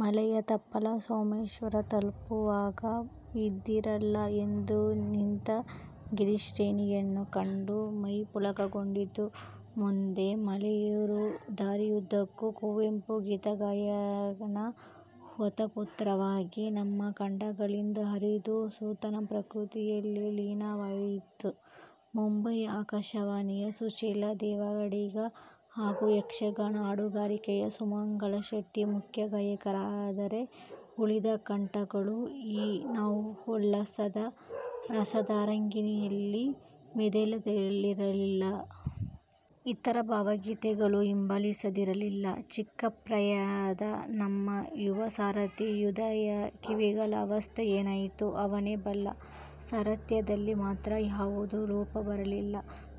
ಮಲೆಯ ತಪ್ಪಲ ಸೋಮೇಶ್ವರ ತಲುಪುವಾಗ ಇದಿರಲ್ಲೇ ಎದ್ದು ನಿಂತ ಗಿರಿಶ್ರೇಣಿಯನ್ನು ಕಂಡು ಮೈ ಪುಳಕಗೊಂಡಿತು. ಮುಂದೆ ಮಲೆಯೇರುವ ದಾರಿಯುದ್ದಕ್ಕೂ ಕುವೆಂಪು ಗೀತಗಾಯನ ಓತಪ್ರೋತವಾಗಿ ನಮ್ಮ ಕಂಠಗಳಿಂದ ಹರಿದು ಸುತ್ತಣ ಪ್ರಕೃತಿಯಲ್ಲಿ ಲೀನವಾಯ್ತು. ಮುಂಬೈ ಆಕಾಶವಾಣಿಯ ಸುಶೀಲಾ ದೇವಾಡಿಗ ಹಾಗೂ ಯಕ್ಷಗಾನ ಹಾಡುಗಾರಿಕೆಯ ಸುಮಂಗಲಾ ಶೆಟ್ಟಿ ಮುಖ್ಯ ಗಾಯಕರಾದರೆ, ಉಳಿದ ಕಂಠಗಳೂ ಈ ನವೋಲ್ಲಾಸದ ರಸತರಂಗಿಣಿಯಲ್ಲಿ ಮಿಂದೇಳದಿರಲಿಲ್ಲ. ಇತರ ಭಾವಗೀತೆಗಳೂ ಹಿಂಬಾಲಿಸದಿರಲಿಲ್ಲ. ಚಿಕ್ಕ ಪ್ರಾಯದ ನಮ್ಮ ಯುವ ಸಾರಥಿ ಉದಯನ ಕಿವಿಗಳ ಅವಸ್ಥೆ ಏನಾಯ್ತೋ ಅವನೇ ಬಲ್ಲ. ಸಾರಥ್ಯದಲ್ಲಿ ಮಾತ್ರ ಯಾವುದೇ ಲೋಪ ಬರಲಿಲ್ಲ.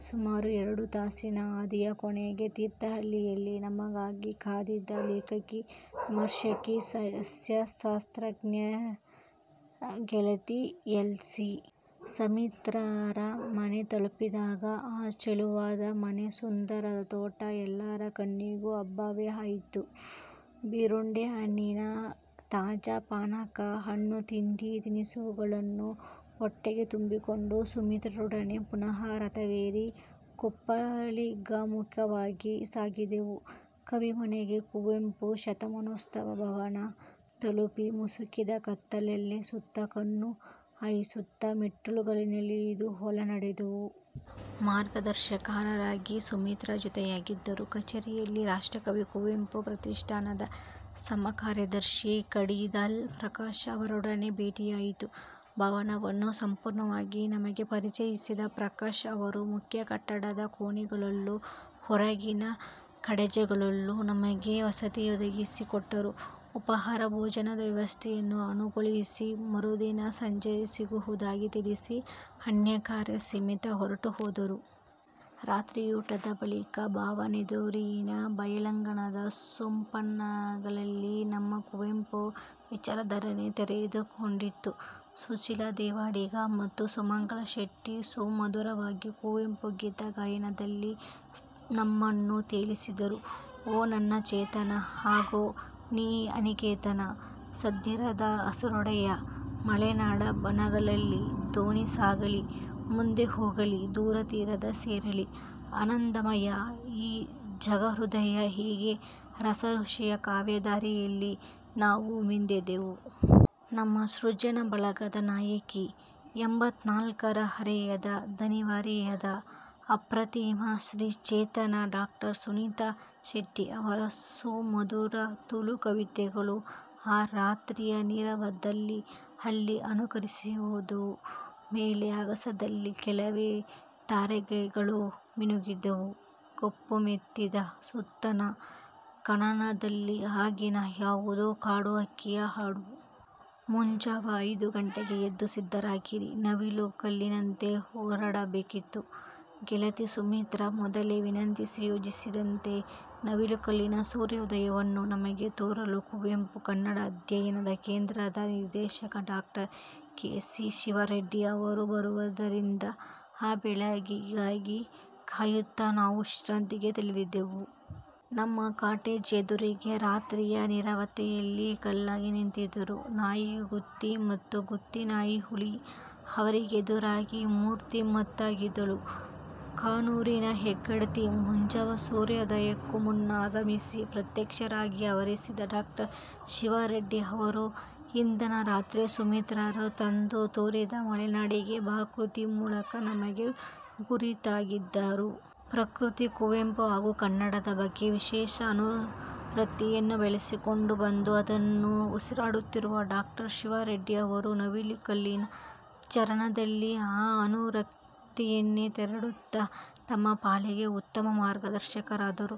ಸುಮಾರು ಎರಡು ತಾಸಿನ ಹಾದಿಯ ಕೊನೆಗೆ, ತೀರ್ಥಹಳ್ಳಿಯಲ್ಲಿ ನಮಗಾಗಿ ಕಾದಿದ್ದ ಲೇಖಕಿ, ವಿಮರ್ಶಕಿ, ಸಸ್ಯಶಾಸ್ತ್ರಜ್ಞೆ ಗೆಳತಿ ಎಲ್. ಸಿ. ಸುಮಿತ್ರಾರ ಮನೆ ತಲುಪಿದಾಗ, ಆ ಚೆಲುವಾದ ಮನೆ, ಸುಂದರ ಹೂತೋಟ ಎಲ್ಲರ ಕಣ್ಣಿಗೂ ಹಬ್ಬವೇ ಆಯ್ತು. ಬೀರುಂಡೆ ಹಣ್ಣಿನ ತಾಜಾ ಪಾನಕ, ಹಣ್ಣು ತಿಂಡಿ, ತಿನಿಸುಗಳನ್ನು ಹೊಟ್ಟೆಗೆ ತುಂಬಿಕೊಂಡು ಸುಮಿತ್ರಾರೊಡನೆ ಪುನಃ ರಥವೇರಿ ಕುಪ್ಪಳಿಗಭಿಮುಖವಾಗಿ ಸಾಗಿದೆವು. ಕವಿಮನೆ ಕುವೆಂಪು ಶತಮಾನೋತ್ಸವ ಭವನ, ತಲುಪಿ, ಮುಸುಕಿದ ಕತ್ತಲಲ್ಲೇ ಸುತ್ತ ಕಣ್ಣು ಹಾಯಿಸುತ್ತಾ ಮೆಟ್ಟಲುಗಳನ್ನಿಳಿದು ಒಳ ನಡೆದೆವು. ಮಾರ್ಗದರ್ಶಕರಾಗಿ ಸುಮಿತ್ರಾ ಜೊತೆಗಿದ್ದರು. ಕಛೇರಿಯಲ್ಲಿ ರಾಷ್ಟ್ರಕವಿ ಕುವೆಂಪು ಪ್ರತಿಷ್ಠಾನದ ಸಮಕಾರ್ಯದರ್ಶಿ ಕಡಿದಾಳ್ ಪ್ರಕಾಶ್ ಅವರೊಡನೆ ಭೇಟಿಯಾಯ್ತು. ಭವನವನ್ನು ಸಂಪೂರ್ಣವಾಗಿ ನಮಗೆ ಪರಿಚಯಿಸಿದ ಪ್ರಕಾಶ್ ಅವರು ಮುಖ್ಯ ಕಟ್ಟಡದ ಕೋಣೆಗಳಲ್ಲೂ ಹೊರಗಿನ ಕಾಟೇಜ್ಗಳಲ್ಲೂ ನಮಗೆ ವಸತಿಯೊದಗಿಸಿ ಕೊಟ್ಟರು. ಉಪಾಹಾರ ಭೋಜನದ ವ್ಯವಸ್ಥೆಯನ್ನೂ ಅನುಗೊಳಿಸಿ ಮರುದಿನ ಸಂಜೆ ಸಿಗುವುದಾಗಿ ತಿಳಿಸಿ ಅನ್ಯಕಾರ್ಯ ನಿಮಿತ್ತ ಹೊರಟು ಹೋದರು. ರಾತ್ರಿಯೂಟದ ಬಳಿಕ ಭವನದೆದುರಿನ ಬಯಲಿನಂಗಣದ ಸೋಪಾನಗಳಲ್ಲಿ ನಮ್ಮ ಕುವೆಂಪು ವಿಚಾರಧಾರೆ ತೆರೆದು ಕೊಂಡಿತು. ಸುಶೀಲಾ ದೇವಾಡಿಗ ಮತ್ತು ಸುಮಂಗಲಾ ಶೆಟ್ಟಿ, ಸುಮಧುರವಾಗಿ ಕುವೆಂಪು ಗೀತ ಗಾಯನದಲ್ಲಿ ನಮ್ಮನ್ನು ತೇಲಿಸಿದರು. ಓ ನನ್ನ ಚೇತನ, ಆಗು ನೀ ಅನಿಕೇತನ, ಸದ್ದಿರದ ಹಸುರುಡೆಯ ಮಲೆನಾಡ ಬನಗಳಲಿ, ದೋಣಿ ಸಾಗಲಿ ಮುಂದೆ ಹೋಗಲಿ ದೂರ ತೀರವ ಸೇರಲಿ, ಆನಂದಮಯ ಈ ಜಗಹೃದಯ ಹೀಗೆ ರಸಋಷಿಯ ಕಾವ್ಯಧಾರೆಯಲ್ಲಿ ನಾವು ಮಿಂದೆದ್ದೆವು. ನಮ್ಮ ಸೃಜನಾ ಬಳಗದ ನಾಯಕಿ, ಎಂಬತ್ತ ನಾಲ್ಕರ ಹರೆಯದ ದಣಿವರಿಯದ ಅಪ್ರತಿಮ ಸ್ತ್ರೀ ಚೇತನ ಡಾಕ್ಟರ್ ಸುನೀತಾ ಶೆಟ್ಟಿ ಅವರ ಸುಮಧುರ ತುಳು ಕವಿತೆಗಳೂ ಆ ರಾತ್ರಿಯ ನೀರವದಲ್ಲಿ ಅಲ್ಲಿ ಅನುರಣಿಸಿದುವು. ಮೇಲೆ ಆಗಸದಲ್ಲಿ ಕೆಲವೇ ತಾರಗೆಗಳು ಮಿನುಗಿದ್ದುವು. ಕಪ್ಪು ಮೆತ್ತಿದ ಸುತ್ತಣ ಕಾನನದಲ್ಲಿ ಆಗೀಗ ಯಾವುದೋ ಕಾಡುಹಕ್ಕಿಯ ಹಾಡು. ಮುಂಜಾವ ಐದು ಗಂಟೆಗೇ ಎದ್ದು ಸಿದ್ಧರಾಗಿ ನವಿಲು ಕಲ್ಲಿನತ್ತ ಹೊರಡಬೇಕಿತ್ತು. ಗೆಳತಿ ಸುಮಿತ್ರಾ, ಮೊದಲೇ ವಿನಂತಿಸಿ ಯೋಜಿಸಿದಂತೆ. ನವಿಲು ಕಲ್ಲಿನ ಸೂರ್ಯೋದಯವನ್ನು ನಮಗೆ ತೋರಲು, ಕುವೆಂಪು ಕನ್ನಡ ಅಧ್ಯಯನ ಕೇಂದ್ರದ ನಿರ್ದೇಶಕ doctor K. C. Shiva Reddy ಅವರು ಬರುವವರಿದ್ದರು. ಆ ಬೆಳಗಿಗಾಗಿ ಕಾಯುತ್ತಾ ನಾವು ವಿಶ್ರಾಂತಿಗೆ ತೆರಳಿದೆವು. ನಮ್ಮ ಕಾಟೇಜ್ ಎದುರಿಗೇ ರಾತ್ರಿಯ ನೀರವತೆಯಲ್ಲಿ ಕಲ್ಲಾಗಿ ನಿಂತಿದ್ದರು, ನಾಯಿ ಗುತ್ತಿ ಮತ್ತು ಗುತ್ತಿ ನಾಯಿ ಹುಲಿಯ. ಅವರಿಗೆದುರಾಗಿ ಮೂರ್ತಿಮತ್ತಾಗಿದ್ದಳು, ಕಾನೂರಿನ ಹೆಗ್ಗಡ್ತಿ. ಮುಂಜಾವ ಸೂರ್ಯೋದಯಕ್ಕೂ ಮುನ್ನ ಆಗಮಿಸಿ ಪ್ರತ್ಯಕ್ಷರಾಗಿ ಅವಸರಿಸಿದ ಡಾಕ್ಟರ್ ಶಿವಾರೆಡ್ಡಿ ಅವರು, ಹಿಂದಣ ರಾತ್ರೆ ಸುಮಿತ್ರಾರು ತಂದು ತೋರಿದ ಮಲೆನಾಡಿಗೆ ಬಾ ಕೃತಿಯ ಮೂಲಕ ನಮಗೆ ಗುರುತಾಗಿದ್ದರು. ಪ್ರಕೃತಿ, ಕುವೆಂಪು ಹಾಗೂ ಕನ್ನಡದ ಬಗ್ಗೆ ವಿಶೇಷ ಅನುರಕ್ತಿಯನ್ನು ಬೆಳೆಸಿಕೊಂಡು ಬಂದು ಅದನ್ನೇ ಉಸಿರಾಡುತ್ತಿರುವ ಡಾಕ್ಟರ್ ಶಿವಾ ರೆಡ್ಡಿ ಅವರು ನವಿಲುಕಲ್ಲಿನ ಚಾರಣದಲ್ಲಿ ಆ ಅನುರಕ್ತಿಯನ್ನೇ ತೆರೆದಿಡುತ್ತಾ ನಮ್ಮ ಪಾಲಿಗೆ ಉತ್ತಮ ಮಾರ್ಗದರ್ಶಕರಾದರು.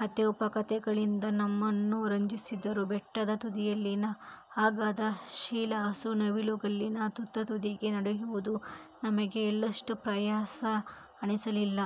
ಕಥೆ, ಉಪಕಥೆಗಳಿಂದ ನಮ್ಮನ್ನು ರಂಜಿಸಿದರು. ಬೆಟ್ಟದ ತುದಿಯಲ್ಲಿನ ಅಗಾಧ ಶಿಲಾಹಾಸು ನವಿಲುಕಲ್ಲಿನ ತುತ್ತ ತುದಿಗೆ ನಡೆಯುವುದು ನಮಗೆ ಎಳ್ಳಷ್ಟೂ ಪ್ರಯಾಸ ಅನಿಸಲಿಲ್ಲ.